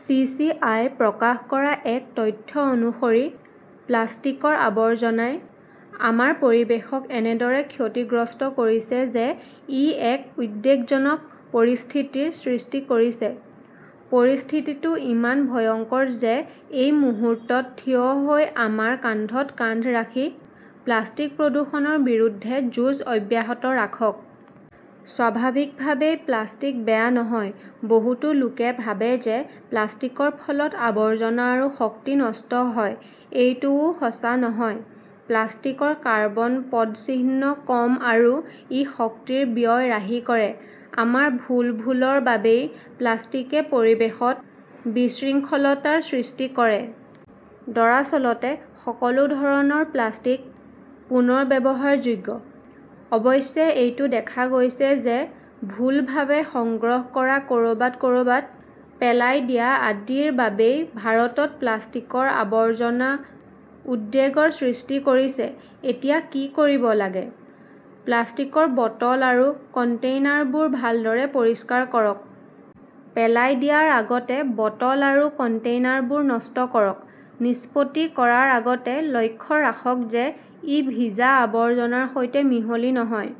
C. C. I. প্ৰকাশ কৰা এক তথ্য অনুসৰি, প্লাষ্টিকৰ আৱৰ্জনাই আমাৰ পৰিৱেশক এনেদৰে ক্ষতিগ্ৰস্ত কৰিছে যে ই এক উদ্বেগজনক পৰিস্থিতিৰ সৃষ্টি কৰিছে। পৰিস্থিতিটো ইমান ভয়ংকৰ যে এই মুহূৰ্তত থিয় হৈ আমাৰ কান্ধত কান্ধ ৰাখি প্লাষ্টিক প্ৰদূষণৰ বিৰুদ্ধে যুঁজ অব্যাহত ৰাখক। স্বাভাৱিকভাৱেই প্লাষ্টিক বেয়া নহয়। বহুতো লোকে ভাবে যে প্লাষ্টিকৰ ফলত আৱৰ্জনা আৰু শক্তি নষ্ট হয় ,এইটোও সঁচা নহয়। প্লাষ্টিকৰ কাৰ্বন পদচিহ্ন কম আৰু ই শক্তিৰ ব্যয় ৰাহি কৰে। আমাৰ ভুল-ভুলৰ বাবেই প্লাষ্টিকে পৰিৱেশত বিশৃংখলতাৰ সৃষ্টি কৰে। দৰাচলতে, সকলো ধৰণৰ প্লাষ্টিক পুনৰ্ব্যৱহাৰযোগ্য। অৱশ্যে এইটো দেখা গৈছে যে ভুলভাৱে সংগ্ৰহ কৰা ক ৰবাত-ক ৰবাত পেলাই দিয়া আদিৰ বাবেই ভাৰতত প্লাষ্টিকৰ আৱৰ্জনা উদ্বেগৰ সৃষ্টি কৰিছে। এতিয়া কি কৰিব লাগে? প্লাষ্টিকৰ বটল আৰু কণ্টেইনাৰবোৰ ভালদৰে পৰিষ্কাৰ কৰক। পেলাই দিয়াৰ আগতে বটল আৰু কণ্টেইনাৰবোৰ নষ্ট কৰক। নিষ্পত্তি কৰাৰ আগতে লক্ষ্য ৰাখক যে ই ভিজা আৱৰ্জনাৰ সৈতে মিহলি নহয়।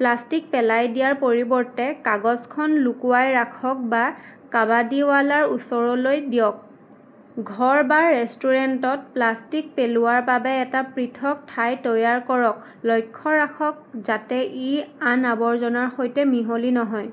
প্লাষ্টিক পেলাই দিয়াৰ পৰিৱৰ্তে কাগজখন লুকুৱাই ৰাখক বা কাবাদীৱালাৰ ওচৰলৈ দিয়ক। ঘৰ বা ৰেষ্টুৰেণ্টত প্লাষ্টিক পেলোৱাৰ বাবে এটা পৃথক ঠাই তৈয়াৰ কৰক, লক্ষ্য ৰাখক যাতে ই আন আৱৰ্জনাৰ সৈতে মিহলি নহয়।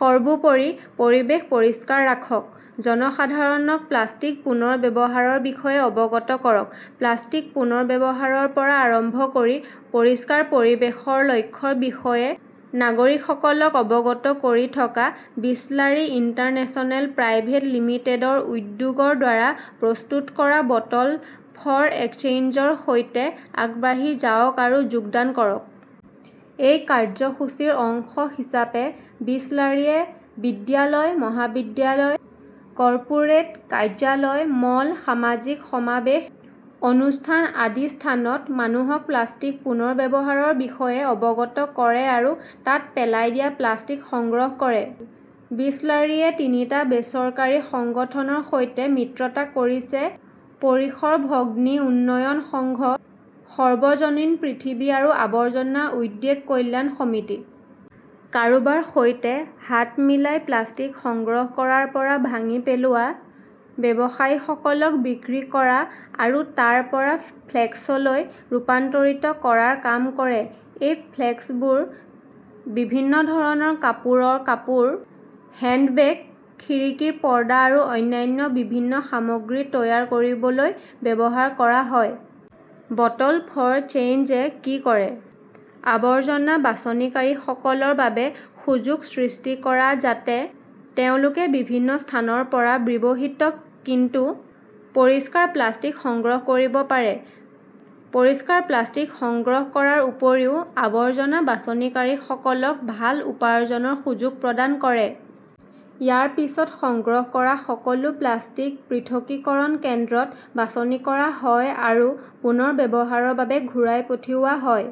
সৰ্বোপৰি, পৰিৱেশ পৰিষ্কাৰ ৰাখক। জনসাধাৰণক প্লাষ্টিক পুনৰ ব্যৱহাৰৰ বিষয়ে অৱগত কৰক। প্লাষ্টিক পুনৰ্ব্যৱহাৰৰ পৰা আৰম্ভ কৰি পৰিষ্কাৰ পৰিৱেশৰ লক্ষ্যৰ বিষয়ে নাগৰিকসকলক অৱগত কৰি থকা বিসলাৰী ইণ্টাৰনেশ্যনেল প্ৰাইভেট লিমিটেডৰ উদ্যোগৰ দ্বাৰা প্ৰস্তুত কৰা বটল ফৰ এক্সচেঞ্জৰ সৈতে আগবাঢ়ি যাওক আৰু যোগদান কৰক। এই কাৰ্যসূচীৰ অংশ হিচাপে বিসলাৰীয়ে বিদ্যালয়, মহাবিদ্যালয়, কৰ্পোৰেট, কাৰ্যালয়, মল, সামাজিক সমাৱেশ, অনুষ্ঠান আদি স্থানত মানুহক প্লাষ্টিক পুনৰ ব্যৱহাৰৰ বিষয়ে অৱগত কৰে আৰু তাত পেলাই দিয়া প্লাষ্টিক সংগ্ৰহ কৰে। বিসলাৰীয়ে তিনিটা বেচৰকাৰী সংগঠনৰ সৈতে মিত্ৰতা কৰিছে পৰিসৰ ভগ্নী উন্নয়ন সংঘ, সৰ্বজনীন পৃথিৱী আৰু আৱৰ্জনা উদ্বেগ কল্যাণ সমিতি। কাৰোবাৰ সৈতে হাত মিলাই প্লাষ্টিক সংগ্ৰহ কৰাৰ পৰা ভাঙি পেলোৱা, ব্যৱসায়ীসকলক বিক্ৰী কৰা, আৰু তাৰ পৰা ফ্লেক্সলৈ ৰূপান্তৰিত কৰাৰ কাম কৰে। এই ফ্লেক্সবোৰ বিভিন্ন ধৰণৰ কাপোৰৰ কাপোৰ, হেণ্ড বেগ, খিৰিকীৰ পৰ্দা আৰু অন্যান্য বিভিন্ন সামগ্ৰী তৈয়াৰ কৰিবলৈ ব্যৱহাৰ কৰা হয়। বটল ফৰ চেঞ্জ এ কি কৰে? আৱৰ্জনা বাছনিকাৰীসকলৰ বাবে সুযোগ সৃষ্টি কৰা যাতে তেওঁলোকে বিভিন্ন স্থানৰ পৰা ব্যৱহৃত কিন্তু পৰিষ্কাৰ প্লাষ্টিক সংগ্ৰহ কৰিব পাৰে। পৰিষ্কাৰ প্লাষ্টিক সংগ্ৰহ কৰাৰ উপৰিও আৱৰ্জনা বাছনিকাৰীসকলক ভাল উপাৰ্জনৰ সুযোগ প্ৰদান কৰে। ইয়াৰ পিছত সংগ্ৰহ কৰা সকলো প্লাষ্টিক পৃথকীকৰণ কেন্দ্ৰত বাছনি কৰা হয় আৰু পুনৰ ব্যৱহাৰৰ বাবে ঘূৰাই পঠিওৱা হয়।